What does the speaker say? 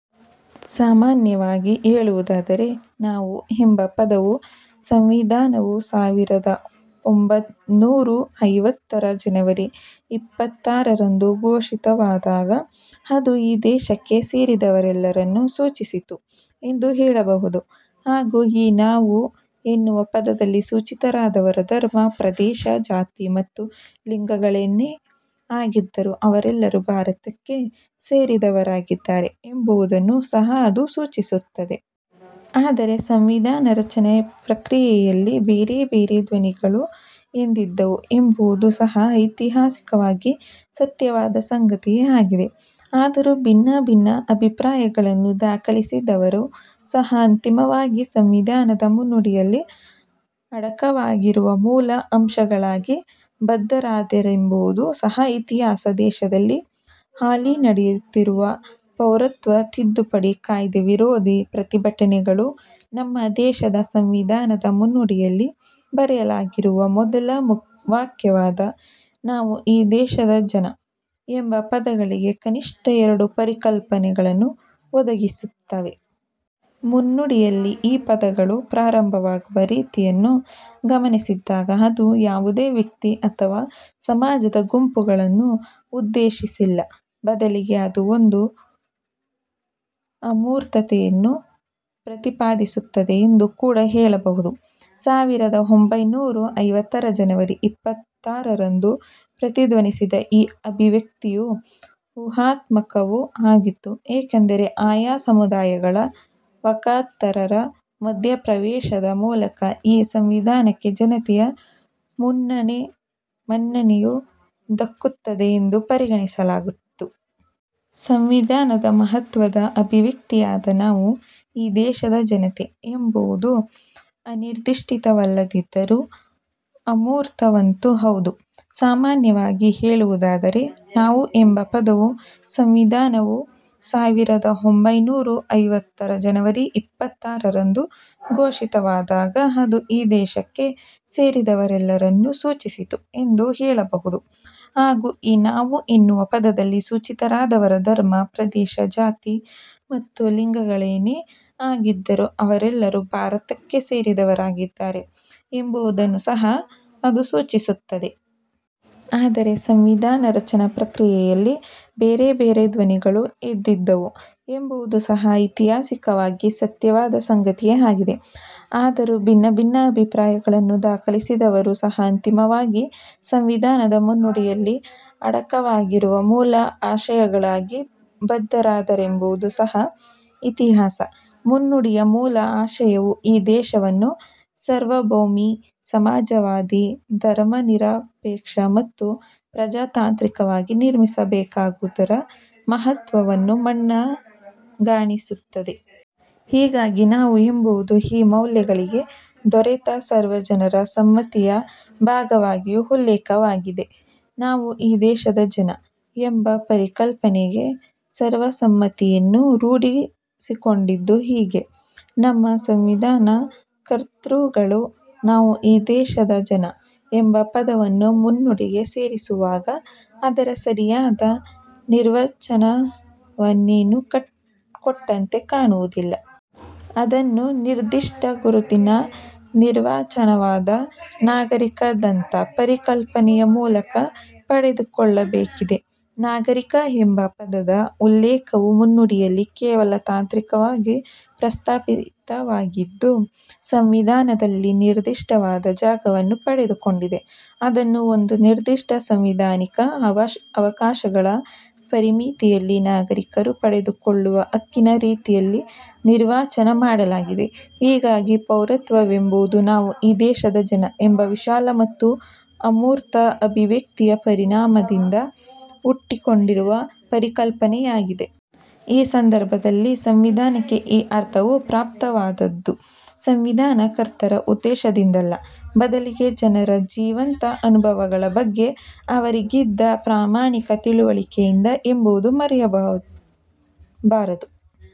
ಸಾಮಾನ್ಯವಾಗಿ ಹೇಳುವುದಾದರೆ 'ನಾವು' ಎಂಬ ಪದವು ಸಂವಿಧಾನವು ಸಾವಿರದ ಒಂಭೈನೂರ ಐವತ್ತರ ಜನವರಿ ಇಪ್ಪತ್ತಾರರಂದು ಘೋಷಿತವಾದಾಗ ಅದು ಈ ದೇಶಕ್ಕೆ ಸೇರಿದವರೆಲ್ಲರನ್ನೂ ಸೂಚಿಸಿತು ಎಂದು ಹೇಳಬಹುದು ಹಾಗೂ ಈ 'ನಾವು' ಎನ್ನುವ ಪದದಲ್ಲಿ ಸೂಚಿತರಾದವರ ಧರ್ಮ, ಪ್ರದೇಶ, ಜಾತಿ ಮತ್ತು ಲಿಂಗಗಳೇನೇ ಆಗಿದ್ದರೂ ಅವರೆಲ್ಲರೂ ಭಾರತಕ್ಕೆ ಸೇರಿದವರಾಗಿದ್ದಾರೆ ಎಂಬುದನ್ನೂ ಸಹ ಅದು ಸೂಚಿಸುತ್ತದೆ. ಆದರೆ ಸಂವಿಧಾನ ರಚನಾ ಪ್ರಕ್ರಿಯೆಯಲ್ಲಿ ಬೇರೆಬೇರೆ ಧ್ವನಿಗಳೂ ಎದ್ದಿದ್ದವು ಎಂಬುದೂ ಸಹ ಐತಿಹಾಸಿಕವಾಗಿ ಸತ್ಯವಾದ ಸಂಗತಿಯೇ ಆಗಿದೆ. ಆದರೂ ಭಿನ್ನಭಿನ್ನ ಅಭಿಪ್ರಾಯಗಳನ್ನು ದಾಖಲಿಸಿದವರೂ ಸಹ ಅಂತಿಮವಾಗಿ ಸಂವಿಧಾನದ ಮುನ್ನುಡಿಯಲ್ಲಿ ಅಡಕವಾಗಿರುವ ಮೂಲ ಆಶಯಗಳಾಗಿ ಬದ್ಧರಾದರೆಂಬುದೂ ಸಹ ಇತಿಹಾಸ. ದೇಶದಲ್ಲಿ ಹಾಲಿ ನಡೆಯುತ್ತಿರುವ ಪೌರತ್ವ ತಿದ್ದುಪಡಿ ಕಾಯ್ದೆ ವಿರೋಧಿ ಪ್ರತಿಭಟನೆಗಳು ನಮ್ಮ ದೇಶದ ಸಂವಿಧಾನದ ಮುನ್ನುಡಿಯಲ್ಲಿ ಬರೆಯಲಾಗಿರುವ ಮೊದಲ ವಾಕ್ಯವಾದ 'ನಾವು ಈ ದೇಶದ ಜನ' ಎಂಬ ಪದಗಳಿಗೆ ಕನಿಷ್ಠ ಎರಡು ಪರಿಕಲ್ಪನೆಗಳನ್ನು ಒದಗಿಸುತ್ತವೆ. ಮುನ್ನುಡಿಯಲ್ಲಿ ಈ ಪದಗಳು ಪ್ರಾರಂಭವಾಗುವ ರೀತಿಯನ್ನು ಗಮನಿಸಿದಾಗ ಅದು ಯಾವುದೇ ವ್ಯಕ್ತಿ ಅಥವಾ ಸಮಾಜದ ಗುಂಪುಗಳನ್ನು ಉದ್ದೇಶಿಸಿಲ್ಲ. ಬದಲಿಗೆ ಅದು ಒಂದು ಅಮೂರ್ತತೆಯನ್ನು ಪ್ರತಿಪಾದಿಸುತ್ತದೆ ಎಂದು ಕೂಡ ಹೇಳಬಹುದು. ಸಾವಿರದ ಒಂಭೈನೂರ ಐವತ್ತರ ಜನವರಿ ಇಪ್ಪತ್ತಾರರಂದು ಪ್ರತಿಧ್ವನಿಸಿದ ಈ ಅಭಿವ್ಯಕ್ತಿಯು ಊಹಾತ್ಮಕವೂ ಆಗಿತ್ತು. ಏಕೆಂದರೆ ಆಯಾ ಸಮುದಾಯಗಳ ವಕ್ತಾರರ ಮಧ್ಯಪ್ರವೇಶದ ಮೂಲಕ ಈ ಸಂವಿಧಾನಕ್ಕೆ ಜನತೆಯ ಮನ್ನಣೆಯು ದಕ್ಕುತ್ತದೆ ಎಂದು ಪರಿಗಣಿಸಲಾಗಿತ್ತು. ಸಂವಿಧಾನದ ಮಹತ್ವದ ಅಭಿವ್ಯಕ್ತಿಯಾದ 'ನಾವು ಈ ದೇಶದ ಜನತೆ' ಎಂಬುದು ಅನಿರ್ದಿಷ್ಟವಲ್ಲದಿದ್ದರೂ ಅಮೂರ್ತವಂತೂ ಹೌದು. ಸಾಮಾನ್ಯವಾಗಿ ಹೇಳುವುದಾದರೆ 'ನಾವು' ಎಂಬ ಪದವು ಸಂವಿಧಾನವು ಸಾವಿರದ ಒಂಭೈನೂರ ಐವತ್ತರ ಜನವರಿ ಇಪ್ಪತ್ತಾರರಂದು ಘೋಷಿತವಾದಾಗ ಅದು ಈ ದೇಶಕ್ಕೆ ಸೇರಿದವರೆಲ್ಲರನ್ನೂ ಸೂಚಿಸಿತು ಎಂದು ಹೇಳಬಹುದು ಹಾಗೂ ಈ 'ನಾವು' ಎನ್ನುವ ಪದದಲ್ಲಿ ಸೂಚಿತರಾದವರ ಧರ್ಮ, ಪ್ರದೇಶ, ಜಾತಿ ಮತ್ತು ಲಿಂಗಗಳೇನೇ ಆಗಿದ್ದರೂ ಅವರೆಲ್ಲರೂ ಭಾರತಕ್ಕೆ ಸೇರಿದವರಾಗಿದ್ದಾರೆ ಎಂಬುದನ್ನೂ ಸಹ ಅದು ಸೂಚಿಸುತ್ತದೆ. ಆದರೆ ಸಂವಿಧಾನ ರಚನಾ ಪ್ರಕ್ರಿಯೆಯಲ್ಲಿ ಬೇರೆಬೇರೆ ಧ್ವನಿಗಳೂ ಎದ್ದಿದ್ದವು ಎಂಬುದೂ ಸಹ ಐತಿಹಾಸಿಕವಾಗಿ ಸತ್ಯವಾದ ಸಂಗತಿಯೇ ಆಗಿದೆ. ಆದರೂ ಭಿನ್ನಭಿನ್ನ ಅಭಿಪ್ರಾಯಗಳನ್ನು ದಾಖಲಿಸಿದವರೂ ಸಹ ಅಂತಿಮವಾಗಿ ಸಂವಿಧಾನದ ಮುನ್ನುಡಿಯಲ್ಲಿ ಅಡಕವಾಗಿರುವ ಮೂಲ ಆಶಯಗಳಾಗಿ ಬದ್ಧರಾದರೆಂಬುದೂ ಸಹ ಇತಿಹಾಸ. ಮುನ್ನುಡಿಯ ಮೂಲ ಆಶಯವು ಈ ದೇಶವನ್ನು ಸಾರ್ವಭೌಮಿ, ಸಮಾಜವಾದಿ, ಧರ್ಮ ನಿರಪೇಕ್ಷ ಮತ್ತು ಪ್ರಜಾತಾಂತ್ರಿಕವಾಗಿ ನಿರ್ಮಿಸಬೇಕಾದುದರ ಮಹತ್ವವನ್ನು ಮನಗಾಣಿಸುತ್ತದೆ. ಹೀಗಾಗಿ 'ನಾವು' ಎಂಬುದು ಈ ಮೌಲ್ಯಗಳಿಗೆ ದೊರೆತ ಸರ್ವಜನರ ಸಮ್ಮತಿಯ ಭಾಗವಾಗಿಯೂ ಉಲ್ಲೇಖವಾಗಿದೆ. 'ನಾವು ಈ ದೇಶದ ಜನ' ಎಂಬ ಪರಿಕಲ್ಪನೆಗೆ ಸರ್ವಸಮ್ಮತಿಯನ್ನು ರೂಢಿಸಿಕೊಂಡಿದ್ದು ಹೀಗೆ. ನಮ್ಮ ಸಂವಿಧಾನ ಕರ್ತೃಗಳು 'ನಾವು ಈ ದೇಶದ ಜನ' ಎಂಬ ಪದವನ್ನು ಮುನ್ನುಡಿಗೆ ಸೇರಿಸುವಾಗ ಅದರ ಸರಿಯಾದ ನಿರ್ವಚನವನ್ನೇನೂ ಕೊಟ್ಟಂತೆ ಕಾಣುವುದಿಲ್ಲ. ಅದನ್ನು ನಿರ್ದಿಷ್ಟ ಗುರುತಿನ ನಿರ್ವಚನವಾದ 'ನಾಗರಿಕ'ದಂಥ ಪರಿಕಲ್ಪನೆಯ ಮೂಲಕ ಪಡೆದುಕೊಳ್ಳಬೇಕಿದೆ. 'ನಾಗರಿಕ' ಎಂಬ ಪದದ ಉಲ್ಲೇಖವು ಮುನ್ನುಡಿಯಲ್ಲಿ ಕೇವಲ ತಾಂತ್ರಿಕವಾಗಿ ಪ್ರಸ್ತಾಪಿತವಾಗಿದ್ದು ಸಂವಿಧಾನದಲ್ಲಿ ನಿರ್ದಿಷ್ಟವಾದ ಜಾಗವನ್ನು ಪಡೆದುಕೊಂಡಿದೆ. ಅದನ್ನು ಒಂದು ನಿರ್ದಿಷ್ಟ ಸಾಂವಿಧಾನಿಕ ಅವಕಾಶಗಳ ಪರಿಮಿತಿಯಲ್ಲಿ ನಾಗರಿಕರು ಪಡೆದುಕೊಳ್ಳುವ ಹಕ್ಕಿನ ರೀತಿಯಲ್ಲಿ ನಿರ್ವಚನ ಮಾಡಲಾಗಿದೆ. ಹೀಗಾಗಿ ಪೌರತ್ವವೆಂಬುದು ''ನಾವು ಈ ದೇಶದ ಜನ'' ಎಂಬ ವಿಶಾಲ ಮತ್ತು ಅಮೂರ್ತ ಅಭಿವ್ಯಕ್ತಿಯ ಪರಿಣಾಮದಿಂದ ಹುಟ್ಟಿಕೊಂಡಿರುವ ಪರಿಕಲ್ಪನೆಯಾಗಿದೆ. ಈ ಸಂದರ್ಭದಲ್ಲಿ ಸಂವಿಧಾನಕ್ಕೆ ಈ ಅರ್ಥವು ಪ್ರಾಪ್ತವಾದದ್ದು ಸಂವಿಧಾನ ಕರ್ತರ ಉದ್ದೇಶದಿಂದಲ್ಲ, ಬದಲಿಗೆ ಜನರ ಜೀವಂತ ಅನುಭವಗಳ ಬಗ್ಗೆ ಅವರಿಗಿದ್ದ ಪ್ರಾಮಾಣಿಕ ತಿಳಿವಳಿಕೆಯಿಂದ ಎಂಬುದನ್ನು ಮರೆಯಬಾರದು.